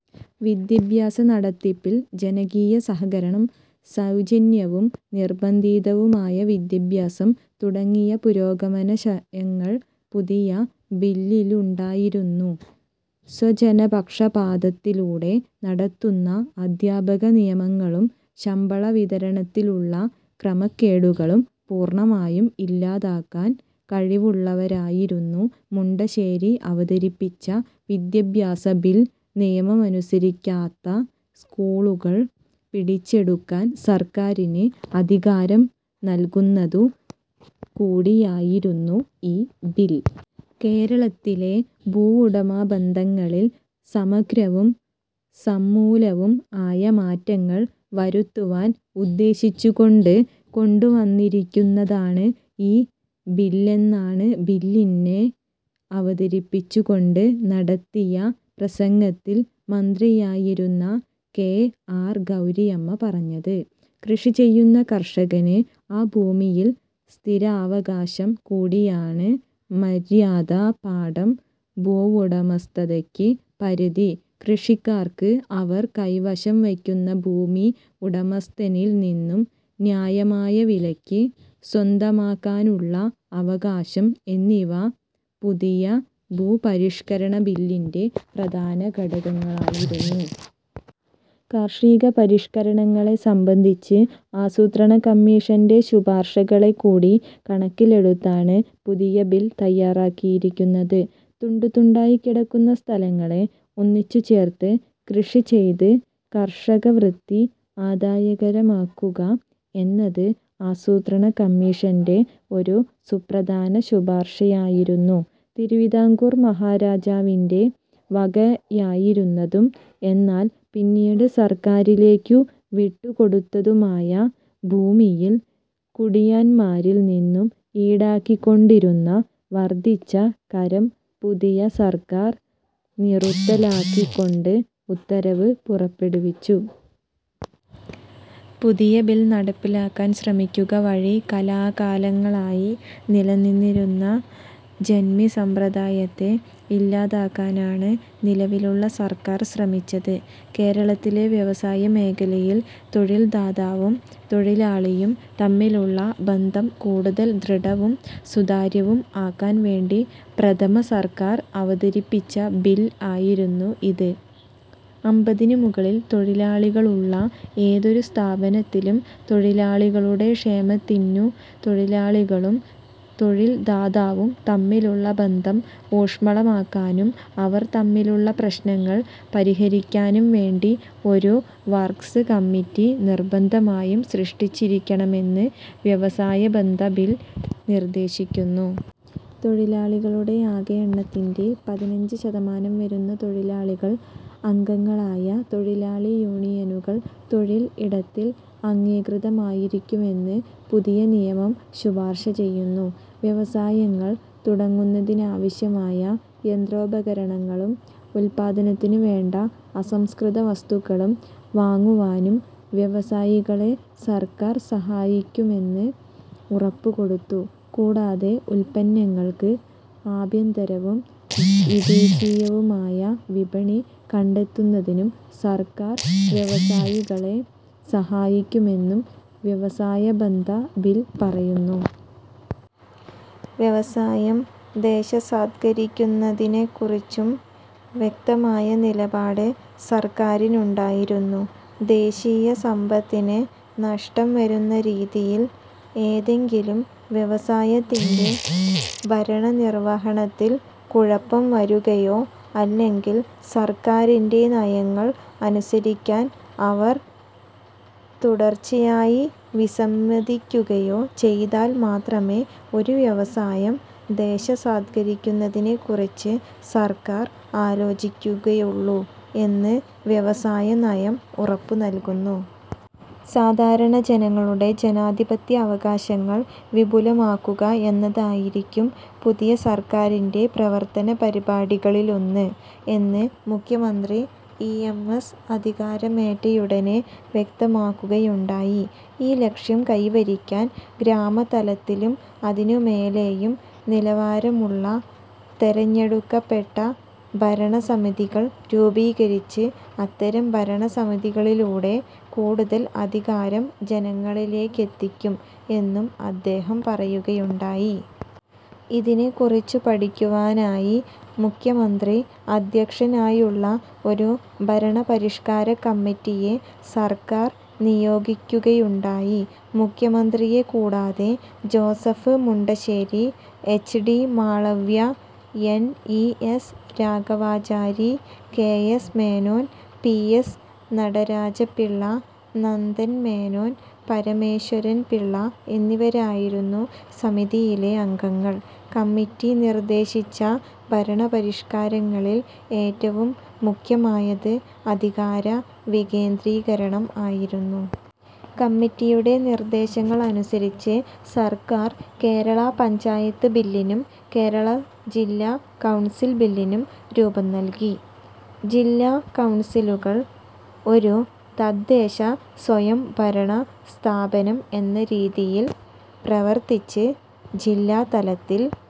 വിദ്യാഭ്യാസ നടത്തിപ്പിൽ ജനകീയ സഹകരണം, സൗജന്യവും നിർബന്ധിതവുമായ വിദ്യാഭ്യാസം തുടങ്ങിയ പുരോഗമനാശയങ്ങൾ പുതിയ ബില്ലിലുണ്ടായിരുന്നു. സ്വജനപക്ഷപാതത്തിലൂടെ നടത്തുന്ന അദ്ധ്യാപകനിയമനങ്ങളും, ശമ്പള വിതരണത്തിലുള്ള ക്രമക്കേടുകളും പൂർണ്ണമായും ഇല്ലാതാക്കാൻ കഴിവുള്ളതായിരുന്നു മുണ്ടശ്ശേരി അവതരിപ്പിച്ച വിദ്യാഭ്യാസ ബിൽ. നിയമമനുസരിക്കാത്ത സ്കൂളുകൾ പിടിച്ചെടുക്കാൻ സർക്കാരിന് അധികാരം നൽകുന്നതു കൂടിയായിരുന്നു ഈ ബിൽ. കേരളത്തിലെ ഭൂവുടമ ബന്ധങ്ങളിൽ സമഗ്രവും, സമൂലവും ആയ മാറ്റങ്ങൾ വരുത്തുവാൻ ഉദ്ദേശിച്ചുകൊണ്ട് കൊണ്ടുവന്നിരിക്കുന്നതാണ് ഈ ബില്ലെന്നാണ് ബില്ലിന്റെ അവതരിപ്പിച്ചുകൊണ്ട് നടത്തിയ പ്രസംഗത്തിൽ മന്ത്രിയായിരുന്ന കെ. ആർ. ഗൗരിയമ്മ പറഞ്ഞത്. കൃഷി ചെയ്യുന്ന കർഷകന് ആ ഭൂമിയിൽ സ്ഥിരാവകാശം, കുടിയാന് മര്യാദപ്പാട്ടം, ഭൂവുടമസ്ഥതയ്ക്ക് പരിധി, കൃഷിക്കാർക്ക് അവർ കൈവശം വയ്ക്കുന്ന ഭൂമി ഉടമസ്ഥനിൽ നിന്നും ന്യായമായ വിലയ്ക്ക് സ്വന്തമാക്കാനുള്ള അവകാശം എന്നിവ പുതിയ ഭൂരിപഷ്കരണബില്ലിന്റെ പ്രധാന ഘടകങ്ങളായിരുന്നു. കാർഷിക പരിഷ്കാരങ്ങളെ സംബന്ധിച്ച് ആസൂത്രണ കമ്മീഷന്റെ ശുപാർശകളെകൂടി കണക്കിലെടുത്താണ് പുതിയ ബിൽ തയ്യാറാക്കിയിരിക്കുന്നത്. തുണ്ടു തുണ്ടായി കിടക്കുന്ന സ്ഥലങ്ങളെ ഒന്നിച്ചുചേർത്ത് കൃഷിചെയ്ത് കർഷകവൃത്തി ആദായകരമാക്കുക എന്നത് ആസൂത്രണ കമ്മീഷന്റെ ഒരു സുപ്രധാന ശുപാർശയായിരുന്നു. തിരുവിതാംകൂർ മഹാരാജാവിന്റെ വകയായിരുന്നതും എന്നാൽ പിന്നീട് സർക്കാരിലേക്കു വിട്ടുകൊടുത്തതുമായ ഭൂമിയിൽ കുടിയാന്മാരിൽ നിന്നും ഈടാക്കിക്കൊണ്ടിരുന്ന വർദ്ധിച്ച കരം പുതിയ സർക്കാർ നിറുത്തലാക്കിക്കൊണ്ട് ഉത്തരവ് പുറപ്പെടുവിച്ചു. പുതിയ ബിൽ നടപ്പിലാക്കാൻ ശ്രമിക്കുക വഴി കാലാകാലങ്ങളായി നിലനിന്നിരുന്ന ജന്മി സമ്പ്രദായത്തെ ഇല്ലാതാക്കാനാണ് നിലവിലുള്ള സർക്കാർ ശ്രമിച്ചത്. കേരളത്തിലെ വ്യവസായമേഖലയിൽ തൊഴിൽ ദാതാവും, തൊഴിലാളിയും തമ്മിലുള്ള ബന്ധം കൂടുതൽ ദൃഢവും, സുതാര്യവും ആക്കാൻ വേണ്ടി പ്രഥമ സർക്കാർ അവതരിപ്പിച്ച ബിൽ ആയിരുന്നു ഇത്. അമ്പതിനു മുകളിൽ തൊഴിലാളികളുള്ള ഏതൊരു സ്ഥാപനത്തിലും, തൊഴിലാളികളുടെ ക്ഷേമത്തിനു, തൊഴിലാളികളും, തൊഴിൽ ദാതാവും തമ്മിലുള്ള ബന്ധം ഊഷ്മളമാക്കാനും, അവർ തമ്മിലുള്ള പ്രശ്നങ്ങൾ പരിഹരിക്കാനും വേണ്ടി ഒരു വർക്സ് കമ്മിറ്റി നിർബന്ധമായും സൃഷ്ടിച്ചിരിക്കണമെന്ന് വ്യവസായ ബന്ധ ബിൽ നിർദ്ദേശിക്കുന്നു. തൊഴിലാളികളുടെ ആകെ എണ്ണത്തിന്റെ പതിനഞ്ച് ശതമാനം വരുന്ന തൊഴിലാളികൾ അംഗങ്ങളായ തൊഴിലാളി യൂണിയനുകൾ തൊഴിൽ ഇടത്തിൽ അംഗീകൃതമായിരിക്കുമെന്ന് പുതിയ നിയമം ശുപാർശ ചെയ്യുന്നു. വ്യവസായങ്ങൾ തുടങ്ങുന്നതിനാവശ്യമായ യന്ത്രോപകരണങ്ങളും, ഉത്പാദനത്തിനുവേണ്ട അസംസ്കൃതവസ്തുക്കളും വാങ്ങുവാനും വ്യവസായികളെ സർക്കാർ സഹായിക്കുന്നമെന്ന് ഉറപ്പുകൊടുത്തു. കൂടാതെ, ഉത്പന്നങ്ങൾക്ക് ആഭ്യന്തരവും, വിദേശീയവുമായ വിപണി കണ്ടെത്തുന്നതിനും സർക്കാർ വ്യവസായികളെ സഹായിക്കുമെന്നും വ്യവസായ ബന്ധ ബില്ലിൽ പറയുന്നു. വ്യവസായം ദേശസാത്കരിക്കുന്നതിനെക്കുറിച്ചും വ്യക്തമായ നിലപാട് സർക്കാരിനുണ്ടായിരുന്നു. ദേശീയ സമ്പത്തിന് നഷ്ടം വരുന്ന രീതിയിൽ ഏതെങ്കിലും വ്യവസായത്തിന്റെ ഭരണനിർവ്വഹണത്തിൽ കുഴപ്പം വരുകയോ, അല്ലെങ്കിൽ സർക്കാരിന്റെ നയങ്ങൾ അനുസരിക്കാൻ അവർ തുടർച്ചയായി വിസമ്മതിക്കുകയോ ചെയ്താൽ മാത്രമേ ഒരു വ്യവസായം ദേശസാത്കരിക്കുന്നതിനെക്കുറിച്ച് സർക്കാർ ആലോചിക്കുകയുള്ളു എന്ന് വ്യവസായ നയം ഉറപ്പു നൽകുന്നു. സാധാരണ ജനങ്ങളുടെ ജനാധിപത്യ അവകാശങ്ങൾ വിപുലമാക്കുക എന്നതായിരിക്കും പുതിയ സർക്കാരിന്റെ പ്രവർത്തന പരിപാടികളിലൊന്ന് എന്ന് മുഖ്യമന്ത്രി ഇ. എം. എസ്സ് അധികാരമേറ്റയുടനെ വ്യക്തമാക്കുകയുണ്ടായി. ഈ ലക്ഷ്യം കൈവരിക്കാൻ ഗ്രാമതലത്തിലും, അതിനുമേലെയും നിലവാരമുള്ള തിരഞ്ഞെടുക്കപ്പെട്ട ഭരണസമിതികൾ രൂപീകരിച്ച്, ഇത്തരം ഭരണസമിതികളിലൂടെ കൂടുതൽ അധികാരം ജനങ്ങളിലേക്കെത്തിക്കും എന്നും അദ്ദേഹം പറയുകയുണ്ടായി. ഇതിനെക്കുറിച്ചു പഠിക്കുവാനായി മുഖ്യമന്ത്രി അദ്ധ്യക്ഷനായുള്ള ഒരു ഭരണപരിഷ്കാര കമ്മിറ്റിയെ സർക്കാർ നിയോഗിക്കുകയുണ്ടായി. മുഖ്യമന്ത്രിയെക്കൂടാതെ Joseph Mundassery, H. D. Malaviya, N. E. S. Raghavachari, K. S. Menon, P. S. Nataraja Pillai, Nandan Menon, Parameswaran Pillai എന്നിവരായിരുന്നു സമിതിയിലെ അംഗങ്ങൾ. കമ്മിറ്റി നിർദ്ദേശിച്ച ഭരണപരിഷ്കാരങ്ങളിൽ ഏറ്റവും മുഖ്യമായത് അധികാര വികേന്ദ്രീകരണം ആയിരുന്നു. കമ്മിറ്റിയുടെ നിർദ്ദേശങ്ങളനുസരിച്ച് സർക്കാർ, കേരള പഞ്ചായത്ത് ബില്ലിനും, കേരള ജില്ലാ കൗൺസിൽ ബില്ലിനും രൂപം നൽകി. ജില്ലാ കൗൺസിലുകൾ ഒരു തദ്ദേശസ്വയം ഭരണ സ്ഥാപനം എന്ന രീതിയിൽ പ്രവർത്തിച്ച് ജില്ലാ തലത്തിൽ